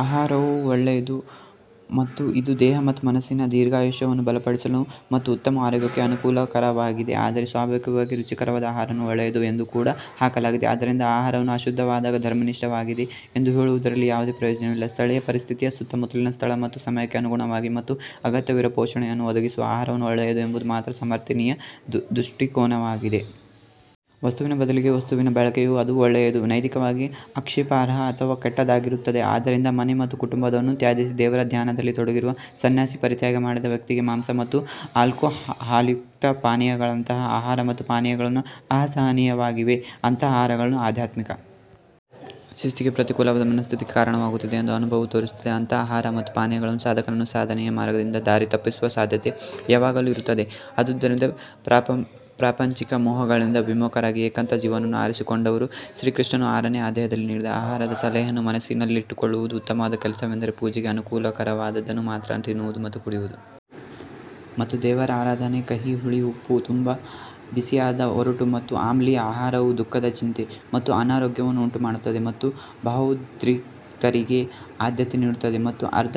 ಆ ಆಹಾರವು ಒಳ್ಳೆಯದು ಮತ್ತು ಇದು ದೇಹ ಮತ್ತು ಮನಸ್ಸಿನ ದೀರ್ಘಾಯುಷ್ಯವನ್ನು ಬಲಪಡಿಸಲು ಮತ್ತು ಉತ್ತಮ ಆರೋಗ್ಯಕ್ಕೆ ಅನುಕೂಲಕರವಾಗಿದೆ ಆದರೆ ಸ್ವಾಭಾವಿಕವಾಗಿ ರುಚಿಕರವಾದ ಆಹಾರವು ಒಳ್ಳೆಯದು ಎಂದು ಕೂಡ ಹಾಕಲಾಗಿದೆ ಆದ್ದರಿಂದ ಈ ಆಹಾರವು ಅಶುದ್ಧವಾದಾಗ ಧರ್ಮನಿಷ್ಠವಾಗಿದೆ ಎಂದು ಹೇಳುವುದರಲ್ಲಿ ಯಾವುದೇ ಪ್ರಯೋಜನವಿಲ್ಲ ಸ್ಥಳೀಯ ಪರಿಸ್ಥಿತಿಯ ಸುತ್ತಮುತ್ತಲಿನ ಸ್ಥಳ ಮತ್ತು ಸಮಯಕ್ಕೆ ಅನುಗುಣವಾಗಿ ಮತ್ತು ಅಗತ್ಯವಿರುವ ಪೋಷಣೆಯನ್ನು ಒದಗಿಸುವ ಆಹಾರವು ಒಳ್ಳೆಯದು ಎಂಬುದು ಮಾತ್ರ ಸಮರ್ಥನೀಯ ದೃಷ್ಟಿಕೋನವಾಗಿದೆ. ವಸ್ತುವಿನ ಬದಲಿಗೆ ವಸ್ತುವಿನ ಬಳಕೆಯು ಅದು ಒಳ್ಳೆಯದು ನೈತಿಕವಾಗಿ ಆಕ್ಷೇಪಾರ್ಹ ಅಥವಾ ಕೆಟ್ಟದ್ದಾಗಿರುತ್ತದೆ ಆದ್ದರಿಂದ ಮನೆ ಮತ್ತು ಕುಟುಂಬವನ್ನು ತ್ಯಜಿಸಿ ದೇವರ ಧ್ಯಾನದಲ್ಲಿ ತೊಡಗಿರುವ ಸನ್ಯಾಸಿ ಪರಿತ್ಯಾಗ ಮಾಡಿದ ವ್ಯಕ್ತಿಗೆ ಮಾಂಸ ಮತ್ತು ಆಲ್ಕೊಹಾಲ್ಯುಕ್ತ ಪಾನೀಯಗಳಂತಹ ಆಹಾರ ಮತ್ತು ಪಾನೀಯಗಳು ಅಸಹನೀಯವಾಗಿವೆ. ಅಂತಹ ಆಹಾರಗಳು ಆಧ್ಯಾತ್ಮಿಕ ಶಿಸ್ತಿಗೆ ಪ್ರತಿಕೂಲವಾದ ಮನಸ್ಥಿತಿಗೆ ಕಾರಣವಾಗುತ್ತವೆ ಎಂದು ಅನುಭವವು ತೋರಿಸುತ್ತದೆ ಅಂತಹ ಆಹಾರ ಮತ್ತು ಪಾನೀಯಗಳು ಸಾಧಕನನ್ನು ಸಾಧನೆಯ ಮಾರ್ಗದಿಂದ ದಾರಿ ತಪ್ಪಿಸುವ ಸಾಧ್ಯತೆ ಯಾವಾಗಲೂ ಇರುತ್ತದೆ ಆದುದರಿಂದ ಪ್ರಾಪಂಚಿಕ ಮೋಹಗಳಿಂದ ವಿಮುಖರಾಗಿ ಏಕಾಂತ ಜೀವನವನ್ನು ಆರಿಸಿಕೊಂಡವರು ಶ್ರೀಕೃಷ್ಣನು ಆರನೇ ಅಧ್ಯಾಯದಲ್ಲಿ ನೀಡಿದ ಆಹಾರದ ಸಲಹೆಯನ್ನು ಮನಸ್ಸಿನಲ್ಲಿಟ್ಟುಕೊಳ್ಳುವುದು ಉತ್ತಮವಾದ ಕೆಲಸವೆಂದರೆ ಪೂಜೆಗೆ ಅನುಕೂಲಕರವಾದದ್ದನ್ನು ಮಾತ್ರ ತಿನ್ನುವುದು ಮತ್ತು ಕುಡಿಯುವುದು. ಮತ್ತು ದೇವರ ಆರಾಧನೆ ಕಹಿ ಹುಳಿ ಉಪ್ಪು ತುಂಬಾ ಬಿಸಿಯಾದ ಒರಟು ಮತ್ತು ಆಮ್ಲೀಯ ಆಹಾರವು ದುಃಖದ ಚಿಂತೆ ಮತ್ತು ಅನಾರೋಗ್ಯವನ್ನು ಉಂಟುಮಾಡುತ್ತದೆ ಮತ್ತು ಭಾವೋದ್ರಿಕ್ತರಿಗೆ ಆದ್ಯತೆ ನೀಡುತ್ತದೆ ಮತ್ತು ಅರ್ಧ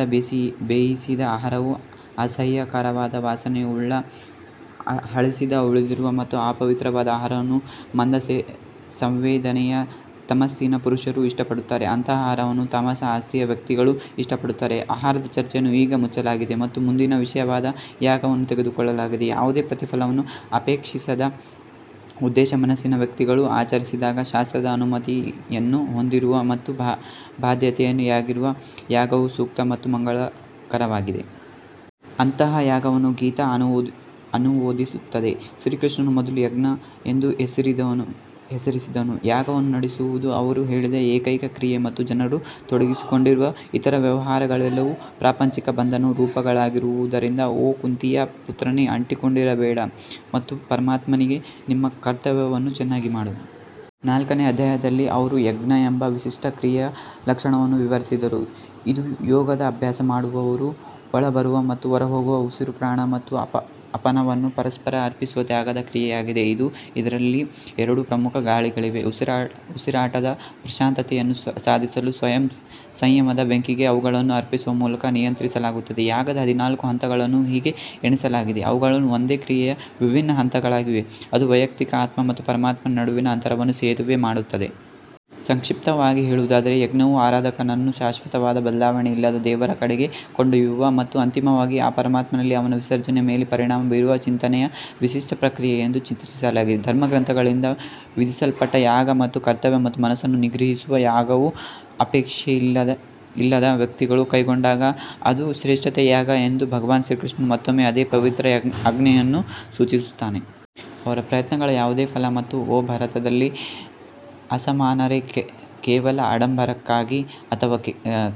ಬೇಯಿಸಿದ ಆಹಾರವು ಅಸಹ್ಯಕರವಾದ ವಾಸನೆಯುಳ್ಳ ಹಳಸಿದ ಉಳಿದಿರುವ ಮತ್ತು ಅಪವಿತ್ರವಾದ ಆಹಾರವನ್ನು ಮಂದ ಸಂವೇದನೆಯ ತಮಸ್ಸಿನ ಪುರುಷರು ಇಷ್ಟಪಡುತ್ತಾರೆ ಅಂತಹ ಆಹಾರವನ್ನು ತಾಮಸ ಆಸ್ತಿಯ ವ್ಯಕ್ತಿಗಳು ಇಷ್ಟಪಡುತ್ತಾರೆ ಆಹಾರದ ಚರ್ಚೆಯನ್ನು ಈಗ ಮುಚ್ಚಲಾಗಿದೆ ಮತ್ತು ಮುಂದಿನ ವಿಷಯವಾದ ಯಾಗವನ್ನು ತೆಗೆದುಕೊಳ್ಳಲಾಗಿದೆ ಯಾವುದೇ ಪ್ರತಿಫಲವನ್ನು ಅಪೇಕ್ಷಿಸದ ಉದ್ದೇಶ ಮನಸ್ಸಿನ ವ್ಯಕ್ತಿಗಳು ಆಚರಿಸಿದಾಗ ಶಾಸ್ತ್ರದ ಅನುಮತಿಯನ್ನು ಹೊಂದಿರುವ ಮತ್ತು ಬಾಧ್ಯತೆಯಾಗಿರುವ ಯಾಗವು ಸೂಕ್ತ ಮತ್ತು ಮಂಗಳಕರವಾಗಿದೆ. ಅಂತಹ ಯಾಗವನ್ನು ಗೀತಾ ಅನುಮೋದಿಸುತ್ತದೆ ಶ್ರೀಕೃಷ್ಣನು ಮೊದಲು ಯಜ್ಞ ಎಂದು ಹೆಸರಿಸಿದನು ಯಾಗವನ್ನು ನಡೆಸುವುದು ಅವರು ಹೇಳಿದ ಏಕೈಕ ಕ್ರಿಯೆ ಮತ್ತು ಜನರು ತೊಡಗಿಸಿಕೊಂಡಿರುವ ಇತರ ವ್ಯವಹಾರಗಳೆಲ್ಲವೂ ಪ್ರಾಪಂಚಿಕ ಬಂಧನದ ರೂಪಗಳಾಗಿರುವುದರಿಂದ ಓ ಕುಂತಿಯ ಪುತ್ರನೇ ಅಂಟಿಕೊಂಡಿರಬೇಡ ಮತ್ತು ಪರಮಾತ್ಮನಿಗೆ ನಿಮ್ಮ ಕರ್ತವ್ಯವನ್ನು ಚೆನ್ನಾಗಿ ಮಾಡು. ನಾಲ್ಕನೇ ಅಧ್ಯಾಯದಲ್ಲಿ ಅವರು ಯಜ್ಞ ಎಂಬ ವಿಶಿಷ್ಟ ಕ್ರಿಯೆಯ ಲಕ್ಷಣವನ್ನು ವಿವರಿಸಿದರು ಇದು ಯೋಗದ ಅಭ್ಯಾಸ ಮಾಡುವವರು ಒಳಬರುವ ಮತ್ತು ಹೊರಹೋಗುವ ಉಸಿರು ಪ್ರಾಣ ಮತ್ತು ಅಪನವನ್ನು ಪರಸ್ಪರ ಅರ್ಪಿಸುವ ತ್ಯಾಗದ ಕ್ರಿಯೆಯಾಗಿದೆ ಮತ್ತು ಇದರಲ್ಲಿ ಎರಡು ಪ್ರಮುಖ ಗಾಳಿಗಳಿವೆ. ಉಸಿರಾಟದ ಪ್ರಶಾಂತತೆಯನ್ನು ಸಾಧಿಸಲು ಸ್ವಯಂ ಸಂಯಮದ ಬೆಂಕಿಗೆ ಅವುಗಳನ್ನು ಅರ್ಪಿಸುವ ಮೂಲಕ ನಿಯಂತ್ರಿಸಲಾಗುತ್ತದೆ ಯಾಗದ ಹದಿನಾಲ್ಕು ಹಂತಗಳನ್ನು ಹೀಗೆ ಎಣಿಸಲಾಗಿದೆ ಅವುಗಳು ಒಂದೇ ಕ್ರಿಯೆಯ ವಿಭಿನ್ನ ಹಂತಗಳಾಗಿವೆ ಅದು ವೈಯಕ್ತಿಕ ಆತ್ಮ ಮತ್ತು ಪರಮಾತ್ಮನ ನಡುವಿನ ಅಂತರವನ್ನು ಸೇತುವೆ ಮಾಡುತ್ತದೆ. ಸಂಕ್ಷಿಪ್ತವಾಗಿ ಹೇಳುವುದಾದರೆ ಯಜ್ಞವು ಆರಾಧಕನನ್ನು ಶಾಶ್ವತವಾದ ಬದಲಾವಣೆಯಿಲ್ಲದ ದೇವರ ಕಡೆಗೆ ಕೊಂಡೊಯ್ಯುವ ಮತ್ತು ಅಂತಿಮವಾಗಿ ಆ ಪರಮಾತ್ಮನಲ್ಲಿ ಅವನ ವಿಸರ್ಜನೆಯ ಮೇಲೆ ಪರಿಣಾಮ ಬೀರುವ ಚಿಂತನೆಯ ವಿಶಿಷ್ಟ ಪ್ರಕ್ರಿಯೆ ಎಂದು ಚಿತ್ರಿಸಲಾಗಿದೆ. ಧರ್ಮಗ್ರಂಥಗಳಿಂದ ವಿಧಿಸಲ್ಪಟ್ಟ ಯಾಗ ಮತ್ತು ಕರ್ತವ್ಯ ಮತ್ತು ಮನಸ್ಸನ್ನು ನಿಗ್ರಹಿಸುವ ಯಾಗವು ಅಪೇಕ್ಷೆಯಿಲ್ಲದ ವ್ಯಕ್ತಿಗಳು ಕೈಗೊಂಡಾಗ ಅದು ಶ್ರೇಷ್ಠತೆಯ ಯಾಗ ಎಂದು ಭಗವಾನ್ ಕೃಷ್ಣನು ಮತ್ತೊಮ್ಮೆ ಅದೇ ಪವಿತ್ರ ಆಜ್ಞೆಯನ್ನು ಸೂಚಿಸುತ್ತಾನೆ. ಅವರ ಪ್ರಯತ್ನಗಳ ಯಾವುದೇ ಫಲ ಮತ್ತು ಓ ಭರತದಲ್ಲಿ ಅಸಮಾನರೇ ಕೇವಲ ಆಡಂಬರಕ್ಕಾಗಿ ಅಥವಾ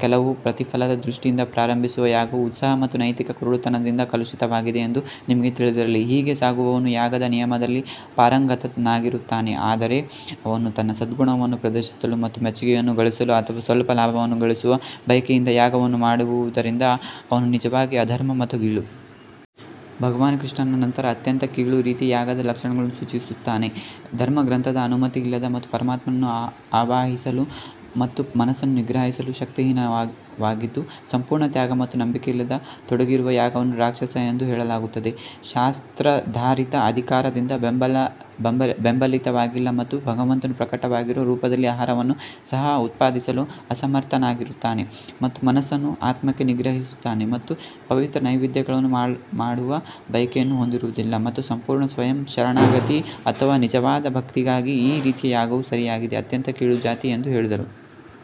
ಕೆಲವು ಪ್ರತಿಫಲದ ದೃಷ್ಟಿಯಿಂದ ಪ್ರಾರಂಭಿಸುವ ಯಾಗವು ಉತ್ಸಾಹ ಮತ್ತು ನೈತಿಕ ಕುರುಡುತನದಿಂದ ಕಲುಷಿತವಾಗಿದೆ ಎಂದು ನಿಮಗೆ ತಿಳಿದಿರಲಿ. ಹೀಗೆ ಸಾಗುವವನು ಯಾಗದ ನಿಯಮದಲ್ಲಿ ಪಾರಂಗತನಾಗಿರುತ್ತಾನೆ ಆದರೆ ಅವನು ತನ್ನ ಸದ್ಗುಣವನ್ನು ಪ್ರದರ್ಶಿಸಲು ಮತ್ತು ಮೆಚ್ಚುಗೆಯನ್ನು ಗಳಿಸಲು ಅಥವಾ ಸ್ವಲ್ಪ ಲಾಭವನ್ನು ಗಳಿಸುವ ಬಯಕೆಯಿಂದ ಯಾಗವನ್ನು ಮಾಡುವುದರಿಂದ ಅವನು ನಿಜವಾಗಿ ಅಧರ್ಮ ಮತ್ತು ಗೀಳು. ಭಗವಾನ್ ಕೃಷ್ಣನು ನಂತರ ಅತ್ಯಂತ ಕೀಳು ರೀತಿಯ ಯಾಗದ ಲಕ್ಷಣಗಳನ್ನು ಸೂಚಿಸುತ್ತಾನೆ ಧರ್ಮಗ್ರಂಥದ ಅನುಮತಿಯಿಲ್ಲದ ಮತ್ತು ಪರಮಾತ್ಮನನ್ನು ಆವಾಹಿಸಲು ಮತ್ತು ಮನಸ್ಸನ್ನು ನಿಗ್ರಹಿಸಲು ಶಕ್ತಿಹೀನವಾಗಿದ್ದು ಸಂಪೂರ್ಣ ತ್ಯಾಗ ಮತ್ತು ನಂಬಿಕೆಯಿಲ್ಲದೆ ತೊಡಗಿರುವ ಯಾಗವನ್ನು ರಾಕ್ಷಸ ಎಂದು ಹೇಳಲಾಗುತ್ತದೆ. ಶಾಸ್ತ್ರಾಧಾರಿತ ಅಧಿಕಾರದಿಂದ ಬೆಂಬಲಿತವಾಗಿಲ್ಲ ಮತ್ತು ಭಗವಂತನು ಪ್ರಕಟವಾಗಿರುವ ರೂಪದಲ್ಲಿ ಆಹಾರವನ್ನು ಸಹ ಉತ್ಪಾದಿಸಲು ಅಸಮರ್ಥನಾಗಿರುತ್ತಾನೆ ಮತ್ತು ಮನಸ್ಸನ್ನು ಆತ್ಮಕ್ಕೆ ನಿಗ್ರಹಿಸುತ್ತಾನೆ ಮತ್ತು ಪವಿತ್ರ ನೈವೇದ್ಯಗಳನ್ನು ಮಾಡುವ ಬಯಕೆಯನ್ನು ಹೊಂದಿರುವುದಿಲ್ಲ ಮತ್ತು ಸಂಪೂರ್ಣ ಸ್ವಯಂ ಶರಣಾಗತಿ ಅಥವಾ ನಿಜವಾದ ಭಕ್ತಿಗಾಗಿ ಈ ರೀತಿಯ ಯಾಗವು ಸರಿಯಾಗಿದೆ. ಅತ್ಯಂತ ಕೀಳು ಜಾತಿ ಎಂದು ಹೇಳಿದರು.